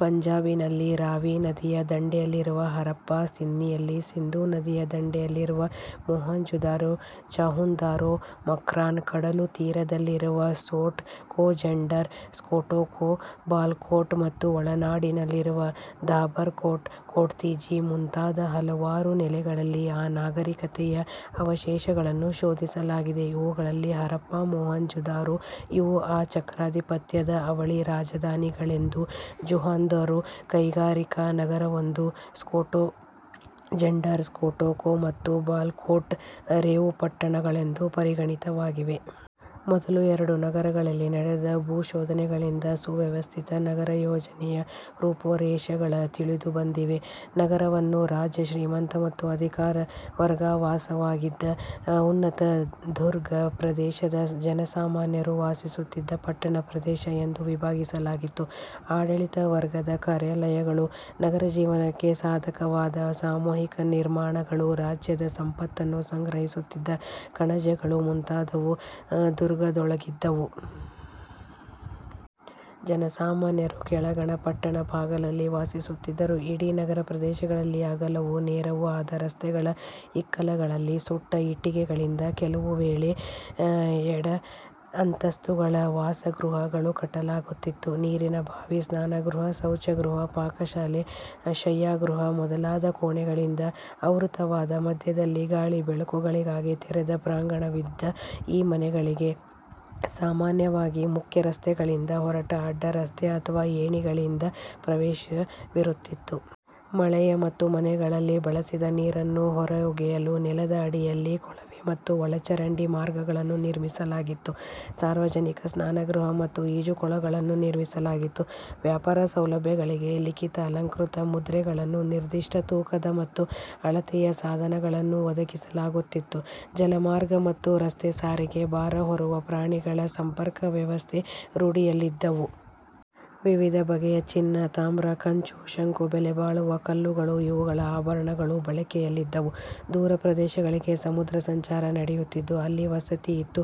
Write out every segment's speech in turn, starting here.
ಪಂಜಾಬಿನಲ್ಲಿ ರಾವಿ ನದಿಯ ದಂಡೆಯಲ್ಲಿರುವ ಹರಪ್ಪ, ಸಿಂಧ್ನಲ್ಲಿ ಸಿಂಧೂ ನದಿಯ ದಂಡೆಯಲ್ಲಿರುವ ಮೊಹೆಂಜೊದಾರೊ, ಚಾನ್ಹುದಾರೊ, ಮಕ್ರಾನ್, ಕಡಲುತೀರದಲ್ಲಿರುವ ಸೋಟ್ ಕೋಜಂಡಾರ್, ಸೋಟ್ಕೋಖೋ, ಬಾಲಕೋಟ, ಮತ್ತು ಒಳನಾಡಿನಲ್ಲಿರುವ ದಾಬರಕೋಟ್, ಕೋಟ್ದೀಜಿ ಮುಂತಾದ ಹತ್ತಾರು ನೆಲೆಗಳಲ್ಲಿ ಆ ನಾಗರಿಕತೆಯ ಅವಶೇಷಗಳನ್ನು ಶೋಧಿಸಲಾಗಿದೆ. ಇವುಗಳಲ್ಲಿ ಹರಪ್ಪಾ, ಮೊಹೆಂಜೊದಾರೊ ಇವು ಆ ಚಕ್ರಾಧಿಪತ್ಯದ ಅವಳಿ ರಾಜಧಾನಿಗಳೆಂದೂ ಚಾನ್ಹುದಾರೊ ಕೈಗಾರಿಕಾ ನಗರವೆಂದೂ ಸೋಟ್ಕೋಜಂಡಾರ, ಸೊಟ್ಕೋಖೋ ಮತ್ತು ಬಾಲಕ್ಕೋಟ್ ರೇವುಪಟ್ಟಣಗಳೆಂದೂ ಪರಿಗಣಿತವಾಗಿವೆ. ಮೊದಲ ಎರಡು ನಗರಗಳಲ್ಲಿ ನಡೆದ ಭೂಶೋಧನೆಗಳಿಂದ ಸುವ್ಯವಸ್ಥಿತ ನಗರಯೋಜನೆಯ ರೂಪುರೇಷೆಗಳು ತಿಳಿದುಬಂದಿವೆ. ನಗರವನ್ನು ರಾಜ, ಶ್ರೀಮಂತ ಮತ್ತು ಅಧಿಕಾರ ವರ್ಗವಾಸವಾಗಿದ್ದ ಉನ್ನತ ದುರ್ಗ ಪ್ರದೇಶ, ಜನಸಾಮಾನ್ಯರು ವಾಸಿಸುತ್ತಿದ್ದ ಪಟ್ಟಣ ಪ್ರದೇಶ ಎಂದು ವಿಭಾಗಿಸಲಾಗಿತ್ತು. ಆಡಳಿತ ವರ್ಗದ ಕಾರ್ಯಾಲಯಗಳು, ನಗರ ಜೀವನಕ್ಕೆ ಸಾಧಕವಾದ ಸಾಮೂಹಿಕ ನಿರ್ಮಾಣಗಳು, ರಾಜ್ಯದ ಸಂಪತ್ತನ್ನು ಸಂಗ್ರಹಿಸುತ್ತಿದ್ದ ಕಣಜಗಳು ಮುಂತಾದವು ದುರ್ಗದೊಳಗಿದ್ದುವು. ಜನಸಾಮಾನ್ಯರು ಕೆಳಗಣ ಪಟ್ಟಣ ಭಾಗದಲ್ಲಿ ವಾಸಿಸುತ್ತಿದ್ದರು. ಇಡೀ ನಗರಪ್ರದೇಶದಲ್ಲಿ ಅಗಲವೂ ನೇರವೂ ಆದ ರಸ್ತೆಗಳ ಇಕ್ಕೆಲಗಳಲ್ಲಿ ಸುಟ್ಟ ಇಟ್ಟಿಗೆಗಳಿಂದ ಕೆಲವು ವೇಳೆ ಎರಡಂತಸ್ತುಗಳ ವಾಸಗೃಹಗಳನ್ನು ಕಟ್ಟಲಾಗುತ್ತಿತ್ತು. ನೀರಿನ ಬಾವಿ, ಸ್ನಾನಗೃಹ, ಶೌಚಗೃಹ, ಪಾಕಶಾಲೆ, ಶಯ್ಯಾಗೃಹ ಮೊದಲಾದ ಕೋಣೆಗಳಿಂದ ಆವೃತವಾದ, ಮಧ್ಯದಲ್ಲಿ ಗಾಳಿ ಬೆಳಕುಗಳಿಗಾಗಿ ತೆರೆದ ಪ್ರಾಂಗಣವಿದ್ದ ಈ ಮನೆಗಳಿಗೆ ಸಾಮಾನ್ಯವಾಗಿ ಮುಖ್ಯ ರಸ್ತೆಗಳಿಂದ ಹೊರಟ ಅಡ್ಡರಸ್ತೆ ಅಥವಾ ಏಣಿಗಳಿಂದ ಪ್ರವೇಶವಿರುತ್ತಿತ್ತು. ಮಳೆಯ ಮತ್ತು ಮನೆಗಳಲ್ಲಿ ಬಳಸಿದ ನೀರನ್ನು ಹೊರಗೊಯ್ಯಲು ನೆಲದ ಅಡಿಯಲ್ಲಿ ಕೊಳವೆ ಮತ್ತು ಒಳಚರಂಡಿ ಮಾರ್ಗಗಳನ್ನು ನಿರ್ಮಿಸಲಾಗಿತ್ತು. ಸಾರ್ವಜನಿಕ ಸ್ನಾನಗೃಹ ಮತ್ತು ಈಜುಕೊಳಗಳನ್ನು ನಿರ್ಮಿಸಲಾಗಿತ್ತು. ವ್ಯಾಪಾರ ಸೌಲಭ್ಯಗಳಿಗೆ ಲಿಖಿತ-ಅಲಂಕೃತ ಮುದ್ರೆಗಳನ್ನು, ನಿರ್ದಿಷ್ಟ ತೂಕದ ಮತ್ತು ಅಳತೆಯ ಸಾಧನಗಳನ್ನು ಒದಗಿಸಲಾಗುತ್ತಿತ್ತು. ಜಲಮಾರ್ಗ ಮತ್ತು ರಸ್ತೆಸಾರಿಗೆ, ಭಾರ ಹೊರುವ ಪ್ರಾಣಿಗಳ ಸಂಪರ್ಕ ವ್ಯವಸ್ಥೆ ರೂಢಿಯಲ್ಲಿದ್ದುವು. ವಿವಿಧ ಬಗೆಯ ಚಿನ್ನ ತಾಮ್ರ, ಕಂಚು, ಶಂಕು, ಬೆಲೆಬಾಳುವ ಕಲ್ಲುಗಳು ಇವುಗಳ ಆಭರಣಗಳು ಬಳಕೆಯಲ್ಲಿದ್ದುವು. ದೂರ ಪ್ರದೇಶಗಳಿಗೆ ಸಮುದ್ರಸಂಚಾರ ನಡೆಯುತ್ತಿತ್ತು. ಅಲ್ಲಿ ವಸತಿಯಿತ್ತು.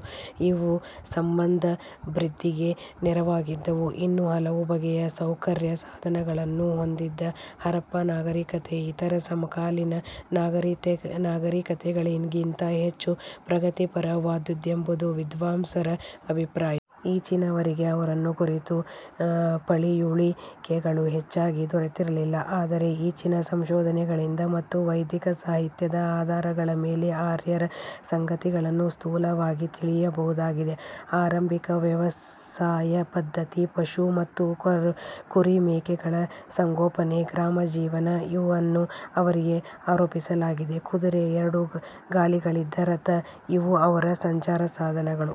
ಇವು ಸಂಪದಭಿವೃದ್ಧಿಗೆ ನೆರವಾಗಿದ್ದುವು. ಇನ್ನೂ ಹಲವು ಬಗೆಯ ಸೌಕರ್ಯ ಸಾಧನಗಳನ್ನು ಹೊಂದಿದ್ದ ಹರಪ್ಪ ನಾಗರಿಕತೆ ಇತರ ಸಮಕಾಲೀನ ನಾಗರಿಕತೆಗಳಿಗಿಂತ ಹೆಚ್ಚು ಪ್ರಗತಿಪರವಾದ್ದೆಂಬುದು ವಿದ್ವಾಂಸರ ಅಭಿಪ್ರಾಯ. ಈಚಿನವರೆಗೆ ಅವರನ್ನು ಕುರಿತ ಪಳಿಯುಳಿಕೆಗಳು ಹೆಚ್ಚಾಗಿ ದೊರೆತಿರಲಿಲ್ಲ. ಆದರೆ ಈಚಿನ ಸಂಶೋಧನೆಗಳಿಂದ ಮತ್ತು ವೈದಿಕ ಸಾಹಿತ್ಯದ ಆಧಾರಗಳ ಮೇಲೆ ಆರ್ಯರ ಸಂಗತಿಗಳನ್ನು ಸ್ಥೂಲವಾಗಿ ತಿಳಿಯಬಹುದಾಗಿದೆ. ಆರಂಭಿಕ ವ್ಯವಸಾಯಪದ್ಧತಿ, ಪಶು ಮತ್ತು ಕುರಿ ಮೇಕೆಗಳ ಸಂಗೋಪನೆ, ಗ್ರಾಮಜೀವನ ಇವನ್ನು ಅವರಿಗೆ ಆರೋಪಿಸಲಾಗಿದೆ. ಕುದುರೆ, ಎರಡು ಗಾಲಿಗಳಿದ್ದ ರಥ ಇವು-ಅವರ ಸಂಚಾರಸಾಧನಗಳು.